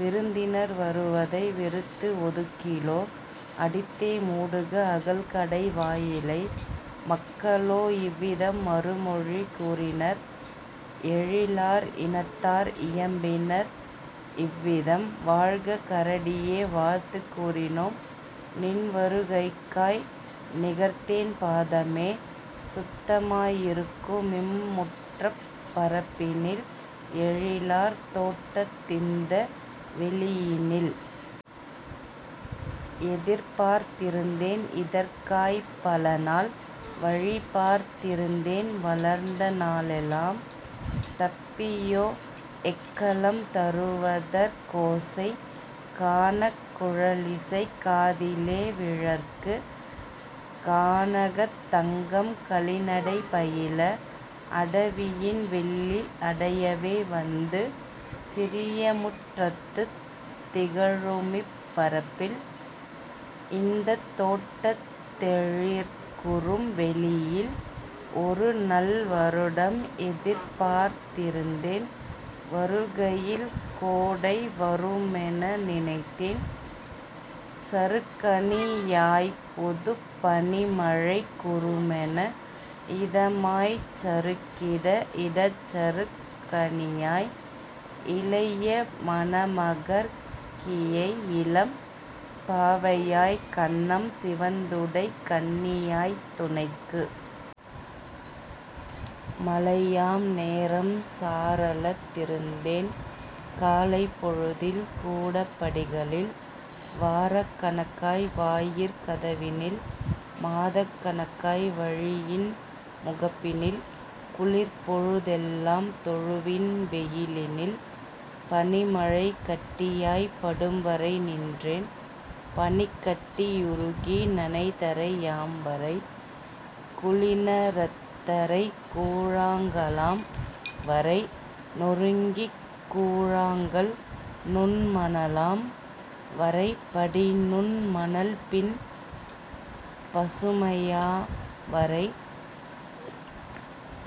விருந்தினர் வரவதை வெறுத்து ஒதுக்கிலோ அடித்தே மூடுக அகல்கடை வாயிலை! " மக்களோ இவ்விதம் மறுமொழி கூறினர்। எழிலார் இனத்தார் இயம்பினர் இவ்விதம்: "வாழ்க கரடியே, வாழ்த்துக் கூறினோம்! நின்வரு கைக்காய், நிகர்தேன் பாதமே! சுத்தமா யிருக்குமிம் முற்றப் பரப்பினில் எழிலார் தோட்டத் திந்த வெளியினில்! எதிர்பார்த் திருந்தேன் இதற்காய்ப் பலநாள் வழிபார்த் திருந்தேன் வளர்ந்த நாளெலாம் தப்பியோ எக்களம் தருவதற் கோசை கானக் குழலிசைக் காதிலே விழற்கு கானகத் தங்கம் களிநடை பயில அடவியின் வெள்ளி அடையவே வந்து சிறியமுற் றத்துத் திகழுமிப் பரப்பில் இந்தத் தோட்டத் தெழிற்குறும் வெளியில். ஒருநல் வருடம் எதிர்ப்பார்த் திருந்தேன் வருகையில் கோடை வருமென நினைத்தேன் சறுக்கணி யாய்ப்புதுப் பனிமழைக் குறுமென இதமாய்ச் சறுக்கிட இடச்சறுக் கணியாய் இளைய மணமகற் கியையிளம் பாவையாய் கன்னம் சிவந்துடைக் கன்னியாய்த் துணைக்கு. மாலையாம் நேரம் சாரளத் திருந்தேன் காலைப் பொழுதில் கூடப் படிகளில் வாரக் கணக்காய் வாயிற் கதவினில் மாதக் கணக்காய் வழியின் முகப்பினில் குளிர்ப்பொழு தெல்லாம் தொழுவின் வெளியினில்; பனிமழை கட்டியாய்ப் படும்வரை நின்றேன் பனிக்கட்டி யுருகி நனைதரை யாம்வரை குளிண ரத்தரை கூழாங் கலாம் வரை நொருங்கிக்கூ ழாங்கல் நுண்மண லாம்வரை படிநுண் மணல்பின் பசுமையா யாம்வரை;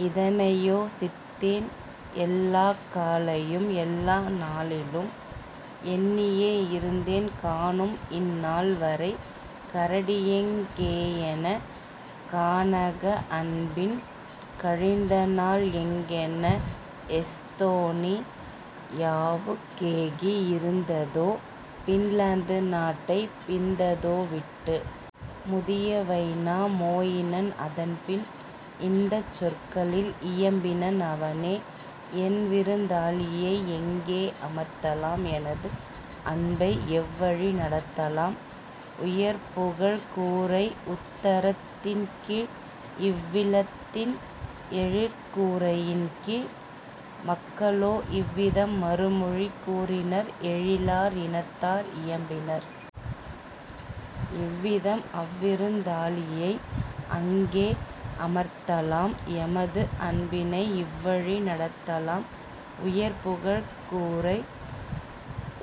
இதனையோ சித்தேன் எல்லாக் காலையும் எல்லா நாளிலும் எண்ணியே இருந்தேன் காணும்இந் நாள்வரை கரடியெங் கேயென கானக அன்பின் கழிந்தநாள் எங்கென எஸ்தோனி யாவுக் கேகி யிருந்ததோ பின்லாந்து நாட்டை பிந்ததோ விட்டு! " முதிய வைனா மொயினன் அதன்பின் இந்தச் சொற்களில் இயம்பினன் அவனே: "என்விருந் தாளியை எங்கே அமர்த்தலாம் எனது அன்பை எவ்வழி நடத்தலாம் உயர்புகழ்க் கூரை உத்தரத் தின்கீழ் இவ்வில் லத்தின் எழிற்கூ ரையின்கீழ்? " மக்களோ இவ்விதம் மறுமொழி கூறினர் எழிலார் இனத்தார் இயம்பினர் இவ்விதம்: "அவ்விருந் தாளியை அங்கே அமர்த்தலாம் எமது அன்பினை இவ்வழி நடத்தலாம் உயர்புகழ்ப் கூரை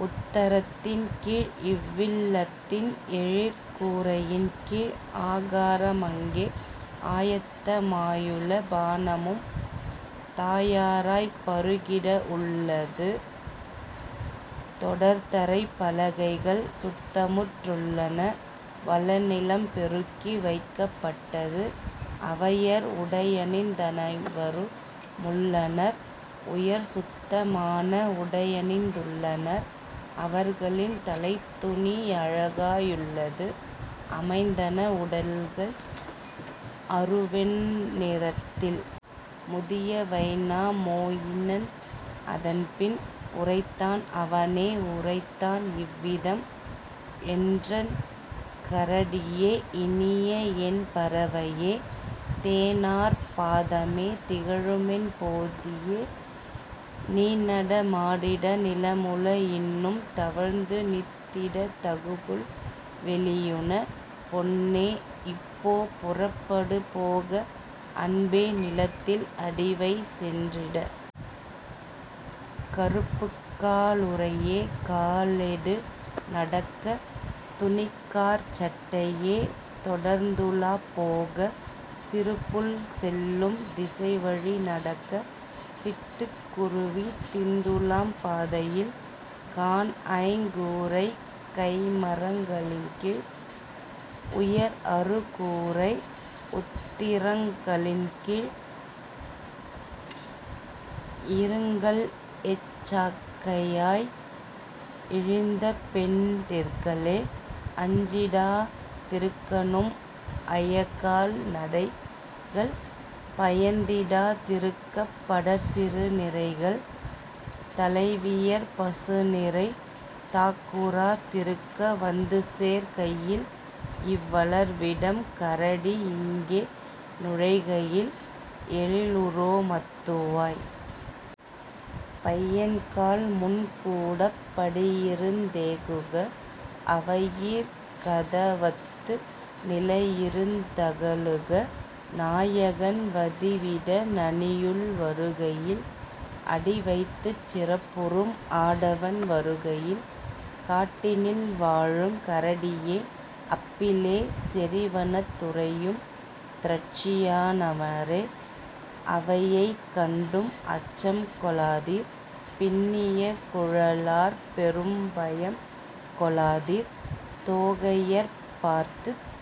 உத்தரத் தின்கீழ் இவ்வில் லத்தின் எழிற்கூ ரையின்கீழ்; ஆகார மங்கே ஆயத்த மாயுள பானமும் தயாராய்ப் பருகிட உள்ளது தொடர்தரைப் பலகைகள் சுத்தமுற் றுள்ளன வளநிலம் பெருக்கி வைக்கப் பட்டது, அவையர் உடையணிந் தனைவரு முள்ளனர் உயர்சுத்த மான உடையணிந் துள்ளனர், அவர்களின் தலைத்துணி அழகா யுள்ளது அமைந்தன உடைகள் அருவெண் ணிறத்தில். " முதிய வைனா மொயினன் அதன்பின் உரைத்தான் அவனே உரைத்தான் இவ்விதம்: "என்றன் கரடியே, இனியஎன் பறவையே! தேனார் பாதமே, திகழுமென் பொதியே! நீநட மாடிட நிலமுள இன்னும் தவழ்ந்து திந்திட தகுபுல் வெளியுள. பொன்னே, இப்போ புறப்படு போக! அன்பே, நிலத்தில் அடிவை சென்றிட! கறுப்புக்கா லுறையே, காலெடு நடக்க! துணிக்காற் சட்டையே, தொடர்ந்துலாப் போக! சிறுபுள் செல்லும் திசைவழி நடக்க! சிட்டுக் குருவி திந்துலாம் பாதையில், காண்ஐங் கூரைக் கைமரங் களின்கீழ், உயர்அறு கூரை உத்திரங் களின்கீழ். இருங்கள்எச் சாக்கையாய் இழிந்தபெண் டிர்களே அஞ்சிடா திருக்கநும் அயகால் நடைகள் பயந்திடா திருக்கப் படர்சிறு நிரைகள் தலைவியர் பசுநிரை தாக்குறா திருக்க வந்துசேர் கையில்இவ் வளர்விடம் கரடி இங்கே நுழைகையில் எழிலுரோ மத்துவாய். பையன்காள், முன்கூடப் படியிருந் தேகுக! அவையீர், கதவத்து நிலையிருந் தகலுக! நாயகன் வதிவிட நனியுள் வருகையில் அடிவைத்துச் சிறப்புறும் ஆடவன் வருகையில்! காட்டினில் வாழும் கரடியே, அப்பிளே! செறிவனத் துறையும் திரட்சியா னவரே! அவையைக் கண்டும் அச்சம் கொளாதீர் பின்னிய குழலார்ப் பெரும்பயம் கொளாதீர் தோகையர்ப் பார்த்துத்